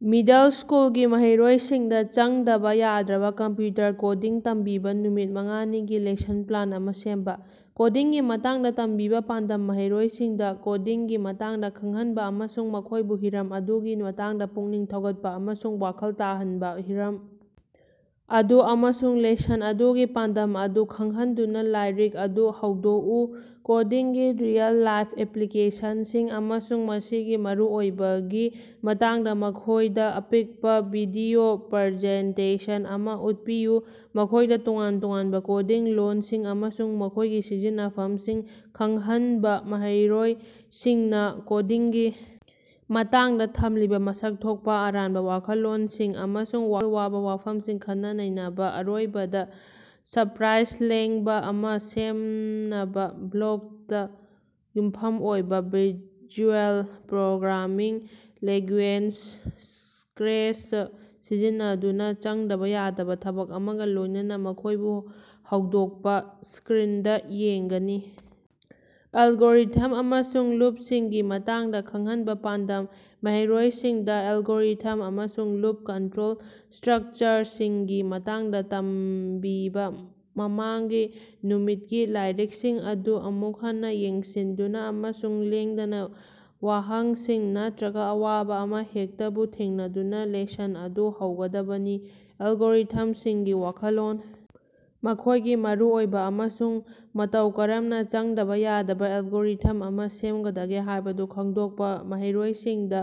Middle ꯁ꯭ꯀꯨꯜꯒꯤ ꯃꯍꯩꯔꯣꯏꯁꯤꯡꯗ ꯆꯪꯗꯕ ꯌꯥꯗ꯭ꯔꯕ ꯀꯝꯄ꯭ꯌꯨꯇꯔ ꯀꯣꯗꯤꯡ ꯇꯝꯕꯤꯕꯥ ꯅꯨꯃꯤꯠ ꯃꯉꯥꯅꯤꯒꯤ ꯂꯦꯁꯟ ꯄ꯭ꯂꯥꯟ ꯑꯃ ꯁꯦꯝꯕ꯫ ꯀꯣꯗꯤꯡꯒꯤ ꯃꯇꯥꯡꯗ ꯇꯝꯕꯤꯕ ꯄꯥꯟꯗꯝ: ꯃꯍꯩꯔꯣꯏꯁꯤꯡꯗ ꯀꯣꯗꯤꯡꯒꯤ ꯃꯇꯥꯡꯗ ꯈꯪꯍꯟꯕ ꯑꯃꯁꯨꯡ ꯃꯈꯣꯢꯕꯨ ꯍꯤꯔꯝ ꯑꯗꯨꯒꯤ ꯃꯇꯥꯡꯗ ꯄꯨꯛꯅꯤꯡ ꯊꯧꯒꯠꯄ ꯑꯃꯁꯨꯡ ꯋꯥꯈꯜ ꯇꯥꯍꯟꯕ꯫ ꯍꯤꯔꯝ ꯑꯗꯨ ꯑꯃꯁꯨꯡ ꯂꯦꯁꯟ ꯑꯗꯨꯒꯤ ꯄꯥꯟꯗꯝ ꯑꯗꯨ ꯈꯪꯍꯟꯗꯨꯅꯥ ꯂꯥꯏꯔꯤꯛ ꯑꯗꯨ ꯍꯧꯗꯣꯛꯎ ꯀꯣꯗꯤꯡꯒꯤ ꯔꯤꯑꯦꯜ-ꯂꯥꯏꯐ ꯑꯦꯄ꯭ꯂꯤꯀꯦꯁꯟꯁꯤꯡ ꯑꯃꯁꯨꯡ ꯃꯁꯤꯒꯤ ꯃꯔꯨꯑꯣꯏꯕꯒꯤ ꯃꯇꯥꯡꯗ ꯃꯈꯣꯢꯗ ꯑꯄꯤꯛꯄ ꯚꯤꯗꯤꯑꯣ ꯄ꯭ꯔꯖꯦꯟꯇꯦꯁꯟ ꯑꯃ ꯎꯠꯄꯤꯌꯨ꯫ ꯃꯈꯣꯢꯗ ꯇꯣꯉꯥꯟ-ꯇꯣꯉꯥꯟꯕ ꯀꯣꯗꯤꯡ ꯂꯣꯜꯁꯤꯡ ꯑꯃꯁꯨꯡ ꯃꯈꯣꯢꯒꯤ ꯁꯤꯖꯤꯟꯅꯐꯝꯁꯤꯡ ꯈꯪꯍꯟꯕ ꯃꯍꯩꯔꯣꯢꯁꯤꯡꯅ ꯀꯣꯗꯤꯡꯒꯤ ꯃꯇꯥꯡꯗ ꯊꯝꯂꯤꯕ ꯃꯁꯛ ꯊꯣꯛꯄ ꯑꯔꯥꯟꯕ ꯋꯥꯈꯜꯂꯣꯟꯁꯤꯡ ꯑꯃꯁꯨꯡ ꯋꯥꯈꯜ ꯋꯥꯕ ꯋꯥꯐꯝꯁꯤꯡ ꯈꯟꯅ-ꯅꯩꯅꯕꯥ ꯑꯔꯣꯏꯕꯗ ꯁꯄ꯭ꯔꯥꯏꯠ ꯂꯦꯡꯕ ꯑꯃ ꯁꯦꯝꯅꯕ ꯕ꯭ꯂꯣꯛꯇ ꯌꯨꯝꯐꯝ ꯑꯣꯏꯕ ꯚꯤꯖꯨꯑꯦꯜ ꯄ꯭ꯔꯣꯒ꯭ꯔꯥꯃꯤꯡ ꯂꯦꯡꯒꯨꯌꯦꯖ ꯁꯀ꯭ꯔꯦꯆ ꯁꯤꯖꯤꯟꯅꯗꯨꯅ ꯆꯪꯗꯕ ꯌꯥꯗꯕ ꯊꯕꯛ ꯑꯃꯒ ꯂꯣꯢꯅꯥꯅ ꯃꯈꯣꯢꯕꯨ ꯍꯧꯗꯣꯛꯄꯥ꯫ ꯁꯀ꯭ꯔꯤꯟꯗ ꯌꯦꯡꯒꯅꯤ꯫ ꯑꯦꯜꯒꯣꯔꯤꯊꯝ ꯑꯃꯁꯨꯡ ꯂꯨꯞꯁꯤꯡꯒꯤ ꯃꯇꯥꯡꯗ ꯈꯪꯍꯟꯕ ꯄꯥꯟꯗꯝ: ꯃꯍꯩꯔꯣꯢꯁꯤꯡꯗ ꯑꯦꯜꯒꯣꯔꯤꯊꯝ ꯑꯃꯁꯨꯡ ꯂꯨꯞ ꯀꯟꯇ꯭ꯔꯣꯜ ꯁꯇ꯭ꯔꯛꯆꯔꯁꯤꯡꯒꯤ ꯃꯇꯥꯡꯗ ꯇꯝꯕꯤꯕ ꯃꯃꯥꯡꯒꯤ ꯅꯨꯃꯤꯠꯀꯤ ꯂꯥꯏꯔꯤꯛꯁꯤꯡ ꯑꯗꯨ ꯑꯃꯨꯛ ꯍꯟꯅ ꯌꯦꯡꯁꯤꯟꯗꯨꯅ ꯑꯃꯁꯨꯡ ꯂꯦꯡꯗꯕ ꯋꯥꯍꯪꯁꯤꯡ ꯅꯠꯇ꯭ꯔꯒ ꯑꯋꯥꯕꯥ ꯑꯃꯍꯦꯛꯇꯕꯨ ꯊꯦꯡꯅꯗꯨꯅꯥ ꯂꯦꯁꯟ ꯑꯗꯨ ꯍꯧꯒꯗꯕꯅꯤ꯫ ꯑꯦꯜꯒꯣꯔꯤꯊꯝꯁꯤꯡꯒꯤ ꯋꯥꯈꯜꯂꯣꯟ, ꯃꯈꯣꯢꯒꯤ ꯃꯔꯨꯑꯣꯏꯕ ꯑꯃꯁꯨꯡ ꯃꯇꯧ ꯀꯔꯝꯅꯆꯪꯗꯕ ꯌꯥꯗꯕ ꯑꯦꯜꯒꯣꯔꯤꯊꯝ ꯑꯃ ꯁꯦꯝꯒꯗꯒꯦ ꯍꯥꯢꯕꯗꯨ ꯈꯪꯗꯣꯛꯄ ꯃꯍꯩꯔꯣꯏꯁꯤꯡꯗ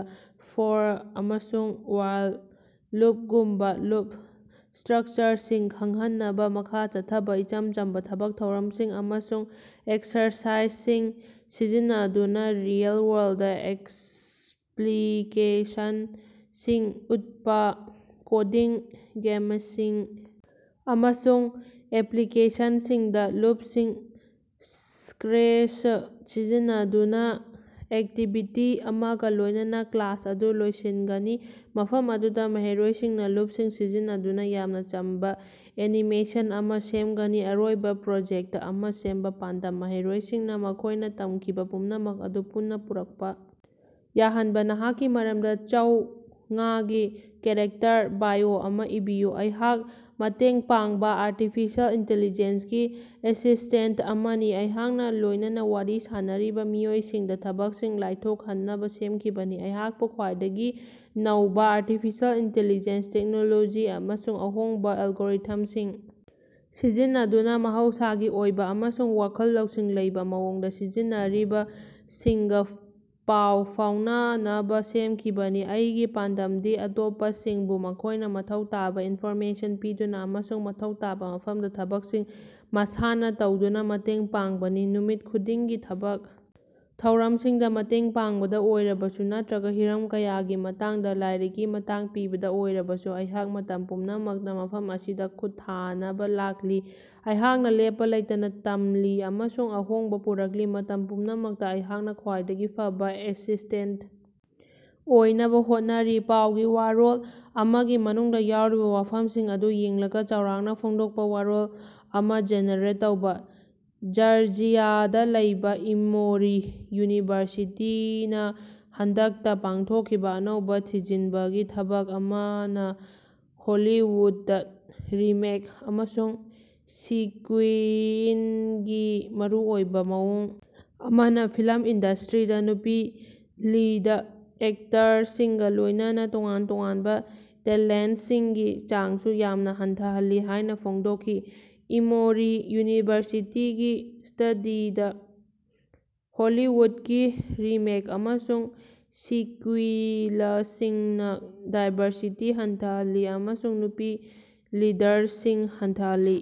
"ꯐꯣꯔ" ꯑꯃꯁꯨꯡ "ꯋꯥꯏꯜ" ꯂꯨꯞꯒꯨꯝꯕꯥ ꯂꯨꯞ ꯁꯇ꯭ꯔꯛꯆꯔꯁꯤꯡ ꯈꯪꯍꯟꯅꯕꯥ ꯃꯈꯥ ꯆꯠꯊꯕ ꯏꯆꯝ ꯆꯝꯕ ꯊꯕꯛ ꯊꯧꯔꯝꯁꯤꯡ ꯑꯃꯁꯨꯡ ꯑꯦꯛꯁꯔꯁꯥꯏꯖꯁꯤꯡ ꯁꯤꯖꯤꯟꯅꯗꯨꯅ ꯔꯤꯑꯦꯜ-ꯋꯥꯔꯜꯗ ꯑꯦꯄ꯭ꯂꯤꯀꯦꯁꯟꯁꯤꯡ ꯎꯠꯄꯥ꯫ ꯀꯣꯗꯤꯡ ꯒꯦꯝꯁꯤꯡ ꯑꯃꯁꯨꯡ ꯑꯦꯄ꯭ꯂꯤꯀꯦꯁꯟꯁꯤꯡꯗꯥ ꯂꯨꯞꯁꯤꯡ ꯁꯀ꯭ꯔꯦꯆ ꯁꯤꯖꯤꯟꯅꯗꯨꯅ ꯑꯦꯛꯇꯤꯚꯤꯇꯤ ꯑꯃꯒ ꯂꯣꯢꯅꯅ ꯀ꯭ꯂꯥꯁ ꯑꯗꯨ ꯂꯣꯏꯁꯤꯟꯒꯅꯤ ꯃꯐꯝ ꯑꯗꯨꯗ ꯃꯍꯩꯔꯣꯏꯁꯤꯡꯅ ꯂꯨꯞꯁꯤꯡ ꯁꯤꯖꯤꯟꯅꯗꯨꯅ ꯌꯥꯝꯅ ꯆꯝꯕ ꯑꯦꯅꯤꯃꯦꯁꯟ ꯑꯃ ꯁꯦꯝꯒꯅꯤ꯫ ꯑꯔꯣꯏꯕꯥ ꯄ꯭ꯔꯣꯖꯦꯛꯇ ꯑꯃ ꯁꯦꯝꯕ ꯄꯥꯟꯗꯝ: ꯃꯍꯩꯔꯣꯢꯁꯤꯡꯅ ꯃꯈꯣꯢꯅ ꯇꯝꯈꯤꯕ ꯄꯨꯝꯅꯃꯛ ꯑꯗꯨ ꯄꯨꯟꯅ ꯄꯨꯔꯛꯄ ꯌꯥꯍꯟꯕ꯫ ꯅꯍꯥꯛꯀꯤ ꯃꯔꯝꯗ ꯆꯧꯉꯥꯒꯤ ꯀꯦꯔꯦꯛꯇꯔ ꯕꯥꯏꯑꯣ ꯑꯃꯥ ꯏꯕꯤꯌꯨ꯫ ꯑꯩꯍꯥꯛ ꯃꯇꯦꯡ ꯄꯥꯡꯕ ꯑꯥꯔꯇꯤꯐꯤꯁꯤꯑꯦꯜ ꯏꯟꯇꯤꯂꯤꯖꯦꯟꯁ ꯒꯤ ꯑꯦꯁꯤꯁ꯭ꯇꯦꯟꯇ ꯑꯃꯅꯤ ꯑꯩꯍꯥꯛꯀꯥ ꯂꯣꯢꯅꯅꯥ ꯋꯥꯔꯤ ꯁꯥꯅꯔꯤꯕꯥ ꯃꯤꯑꯣꯏꯁꯤꯡꯗꯥ ꯊꯕꯛꯁꯤꯡ ꯂꯥꯏꯊꯣꯛꯍꯟꯅꯕ ꯁꯦꯝꯈꯤꯕꯅꯤ꯫ ꯑꯩꯍꯥꯛꯄꯨ ꯈ꯭ꯋꯥꯏꯗꯒꯤ ꯅꯧꯕꯥ ꯑꯥꯔꯇꯤꯐꯤꯁꯤꯑꯦꯜ ꯏꯟꯇꯤꯂꯤꯖꯦꯟꯁ ꯇꯦꯛꯅꯣꯂꯣꯖꯤ ꯑꯃꯁꯨꯡ ꯑꯍꯣꯡꯕꯥ ꯑꯦꯜꯒꯣꯔꯤꯊꯝꯁꯤꯡ ꯁꯤꯖꯤꯟꯅꯗꯨꯅ ꯃꯍꯧꯁꯥꯒꯤ ꯑꯣꯏꯕ ꯑꯃꯁꯨꯡ ꯋꯥꯈꯜ ꯂꯧꯁꯤꯡ ꯂꯩꯕ ꯃꯑꯣꯡꯗ ꯁꯤꯖꯤꯟꯔꯤꯕ ꯁꯤꯡꯒ ꯄꯥꯎ ꯐꯥꯎꯅꯅꯕꯥ ꯁꯦꯝꯈꯤꯕꯅꯤ꯫ ꯑꯩꯒꯤ ꯄꯥꯟꯗꯝꯗꯤ ꯑꯇꯣꯞꯄꯁꯤꯡꯕꯨ ꯃꯈꯣꯢꯅ ꯃꯊꯧ ꯇꯥꯕ ꯏꯟꯐꯣꯔꯃꯦꯁꯟ ꯄꯤꯗꯨꯅ ꯑꯃꯁꯨꯡ ꯃꯊꯧ ꯇꯥꯕ ꯃꯐꯝꯗꯥ ꯊꯕꯛꯁꯤꯡ ꯃꯁꯥꯅ ꯇꯧꯗꯨꯅ ꯃꯇꯦꯡ ꯄꯥꯡꯕꯅꯤ꯫ ꯅꯨꯃꯤꯠ ꯈꯨꯗꯤꯡꯒꯤ ꯊꯕꯛ ꯊꯧꯔꯝꯁꯤꯡꯗ ꯃꯇꯦꯡ ꯄꯥꯡꯕꯗ ꯑꯣꯏꯔꯕꯁꯨ ꯅꯠꯇ꯭ꯔꯒ ꯍꯤꯔꯝ ꯀꯌꯥꯒꯤ ꯃꯇꯥꯡꯗ ꯂꯥꯏꯔꯤꯛꯀꯤ ꯃꯇꯥꯡ ꯄꯤꯕꯗ ꯑꯣꯏꯔꯕꯁꯨ ꯑꯩꯍꯥꯛ ꯃꯇꯝ ꯄꯨꯝꯅꯃꯛꯇ ꯃꯐꯝ ꯑꯁꯤꯗ ꯈꯨꯠ ꯊꯥꯅꯕ ꯂꯥꯛꯂꯤ꯫ ꯑꯩꯍꯥꯛꯅ ꯂꯦꯞꯄ ꯂꯩꯇꯅ ꯇꯝꯂꯤ ꯑꯃꯁꯨꯡ ꯑꯍꯣꯡꯕ ꯄꯨꯔꯛꯂꯤ ꯃꯇꯝ ꯄꯨꯝꯅꯃꯛꯇ ꯑꯩꯍꯥꯛꯅ ꯈ꯭ꯋꯥꯏꯗꯒꯤ ꯐꯕ ꯑꯦꯁꯤꯁ꯭ꯇꯦꯟ ꯑꯣꯏꯅꯕ ꯍꯣꯠꯅꯔꯤ꯫ ꯄꯥꯎꯒꯤ ꯋꯥꯔꯣꯜ ꯑꯃꯒꯤ ꯃꯅꯨꯡꯗ ꯌꯥꯎꯔꯤꯕꯥ ꯋꯥꯐꯝꯁꯤꯡ ꯑꯗꯨ ꯌꯦꯡꯂꯒ ꯆꯥꯎꯔꯥꯛꯅ ꯐꯣꯡꯗꯣꯛꯄ ꯋꯥꯔꯣꯜ ꯑꯃ ꯖꯦꯅꯦꯔꯦꯠ ꯇꯧꯕ꯫ ꯖꯔꯖꯤꯌꯥꯗꯥ ꯂꯩꯕꯥ ꯏꯃꯣꯔꯤ ꯌꯨꯅꯤꯚꯔꯁꯤꯇꯤ ꯅ ꯍꯟꯗꯛꯇꯥ ꯄꯥꯡꯊꯣꯛꯈꯤꯕ ꯑꯅꯧꯕ ꯊꯤꯖꯤꯟꯕꯒꯤ ꯊꯕꯛ ꯑꯃꯅ ꯍꯣꯂꯤꯋꯨꯗꯇ ꯔꯤꯃꯦꯛ ꯑꯃꯁꯨꯡ ꯁꯤꯀ꯭ꯌꯨꯏꯜꯒꯤ ꯃꯔꯨꯑꯣꯏꯕ ꯃꯑꯣꯡ ꯑꯃꯅ ꯐꯤꯂꯝ ꯏꯟꯗꯁꯇ꯭ꯔꯤꯗꯥ ꯅꯨꯄꯤ ꯂꯤꯗ ꯑꯦꯛꯇꯔꯁꯤꯡꯒ ꯂꯣꯢꯅꯅ ꯇꯣꯉꯥꯟ ꯇꯣꯉꯥꯟꯕ ꯇꯦꯂꯦꯟꯇꯁꯤꯡꯒꯤ ꯆꯥꯡꯁꯨ ꯌꯥꯝꯅ ꯍꯟꯊꯍꯜꯂꯤ ꯍꯥꯢꯅ ꯐꯣꯡꯗꯣꯛꯈꯤ꯫ ꯏꯃꯣꯔꯤ ꯌꯨꯅꯤꯚꯔꯁꯤꯇꯤꯒꯤ ꯁ꯭ꯇꯗꯤꯅ ꯍꯣꯂꯤꯋꯨꯗꯀꯤ ꯔꯤꯃꯦꯛ ꯑꯃꯁꯨꯡ ꯁꯤꯀ꯭ꯌꯨꯏꯂꯁꯤꯡꯅꯥ ꯗꯥꯏꯕꯔꯁꯤꯇꯤ ꯍꯟꯊꯍꯜꯂꯤ ꯑꯃꯁꯨꯡ ꯅꯨꯄꯤ ꯂꯤꯗꯔꯁꯤꯡ ꯍꯟꯊꯍꯜꯂꯤ꯫